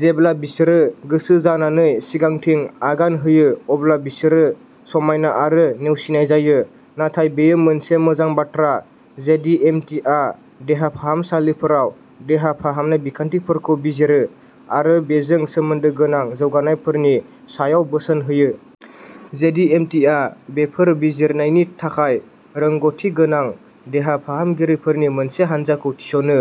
जेब्ला बिसोरो गोसो जानानै सिगांथिं आगान होयो अब्ला बिसोरो समायना आरो नेवसिनाय जायो। नाथाय बेयो मोनसे मोजां बाथ्रा। जेडिएमटिआ देहा फाहामसालिफोराव देहा फाहामनाय बिखान्थिफोरखौ बिजिरो आरो बेजों सोमोन्दो गोनां जौगानायफोरनि सायाव बोसोन होयो। जेडिएमटिआ बेफोर बिजिरनायनि थाखाय रोंग'थिगोनां देहा फाहामगिरिफोरनि मोनसे हानजाखौ थिसनो।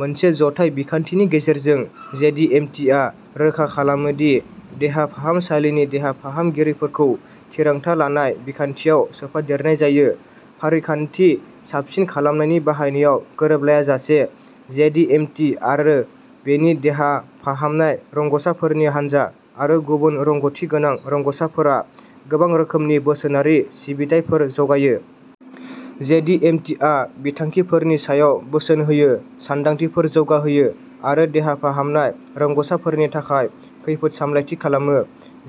मोनसे जथाय बिखान्थिनि गेजेरजों, जेडिएमटिआ रोखा खालामो दि देहा फाहामसालिनि देहा फाहामगिरिफोरखौ थिरांथा लानाय बिखान्थियाव सोफादेरनाय जायो, फारिखान्थि साबसिन खालामनायनि बाहायनायाव गोरोबलायाजासे। जेडिएमटि आरो बेनि देहा फाहामनाय रोंग'साफोरनि हानजा आरो गुबुन रोंग'थिगोनां रोंग'साफोरा गोबां रोखोमनि बोसोनारि सिबिथाइफोर जगायो। जेडिएमटिआ बिथांखिफोरनि सायाव बोसोन होयो, सानदांथिफोर जौगाहोयो आरो देहा फाहामनाय रोंग'साफोरनि थाखाय खैफोद सामलायथि खालामो,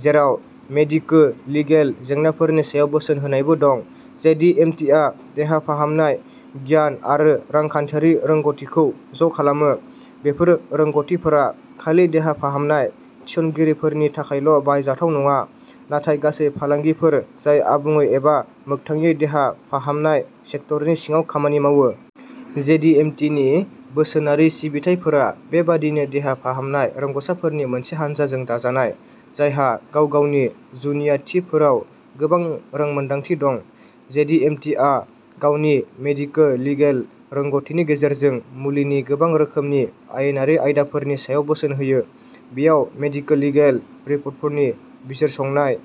जेराव मेडिको-लिगेल जेंनाफोरनि सायाव बोसोन होनायबो दं। जेडिएमटिआ देहा फाहामनाय गियान आरो रांखान्थियारि रोंग'थिखौ ज'खालामो। बेफोर रोंग'थिफोरा खालि देहा फाहामनाय थिस'नगिरिफोरनि थाखायल'बाहायजाथाव नङा, नाथाय गासै फालांगिफोर जाय आबुङै एबा मोगथांयै देहा फाहामनाय सेक्टरनि सिङाव खामानि मावो। जेडिएमटिनि बोसोनारि सिबिथाइफोरा बेबादिनो देहा फाहामनाय रोंग'साफोरनि मोनसे हानजाजों दाजानाय, जायहा गाव-गावनि जुनियाथिफोराव गोबां रोंमोनदांथि दं। जेडिएमटिआ गावनि मेडिको-लिगेल रोंग'थिनि गेजेरजों मुलिनि गोबां रोखोमनि आयेनारि आयदाफोरनि सायाव बोसोन होयो। बेयाव मेडिको-लिगेल रिपर्टफोरनि बिजिरसंनाय,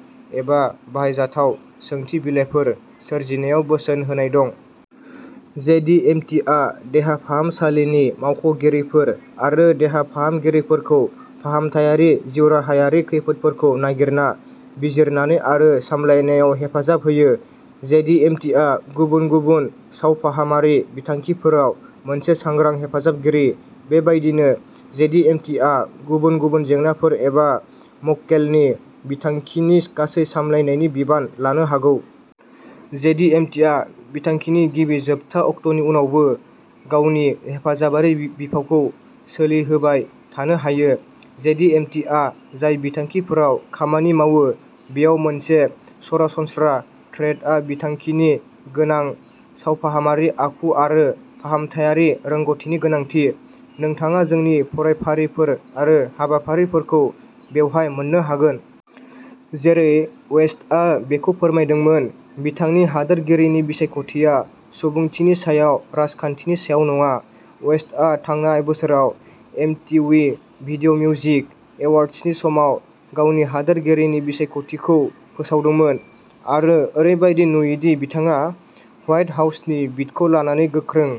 एबा बाहायजाथाव सोंथि बिलाइफोर सोरजिनायाव बोसोन होनाय दं। जेडिएमटिआ देहा फाहामसालिनि मावख'गिरिफोर आरो देहा फाहामगिरिफोरखौ फाहामथायारि जिउराहायारि खैफोदफोरखौ नागिरना, बिजिरनानै आरो सामलायनायाव हेफाजाब होयो। जेडिएमटिआ गुबुन गुबुन सावफाहामारि बिथांखिफोराव मोनसे सांग्रां हेफाजाबगिरि। बेबायदिनो, जेडिएमटिआ गुबुन गुबुन जेंनाफोर एबा मक्केलनि बिथांखिनि गासै सामलायनायनि बिबान लानो हागौ। जेडिएमटिआ बिथांखिनि गिबि जोबथा अक्ट'नि उनावबो गावनि हेफाजाबारि बिफावखौ सोलिहोबाय थानो हायो। जेडिएमटिआ जाय बिथांखिफोराव खामानि मावो बेयाव मोनसे सरासनस्रा थ्रेडआ बिथांखिनि गोनां सावफाहामारि आखु आरो फाहामथायारि रोंग'थिनि गोनांथि। नोंथाङा जोंनि फरायफारिफोर आरो हाबाफारिफोरखौ बेवहाय मोन्नो हागोन। जेरै वेस्टआ बेखौ फोरमायदोंमोन, बिथांनि हादोरगिरिनि बिसायख'थिया सुबुंथिनि सायाव, राजखान्थिनि सायाव नङा। वेस्टआ थांनाय बोसोराव एमटीवी भिदिय'मिउजिक एवार्ड्सनि समाव गावनि हादोरगिरिनि बिसायख'थिखौ फोसावदोंमोन, आरो ओरैबायदि नुयोदि बिथाङा ह्वाइट हाउसनि बिडखौ लानानै गोख्रों।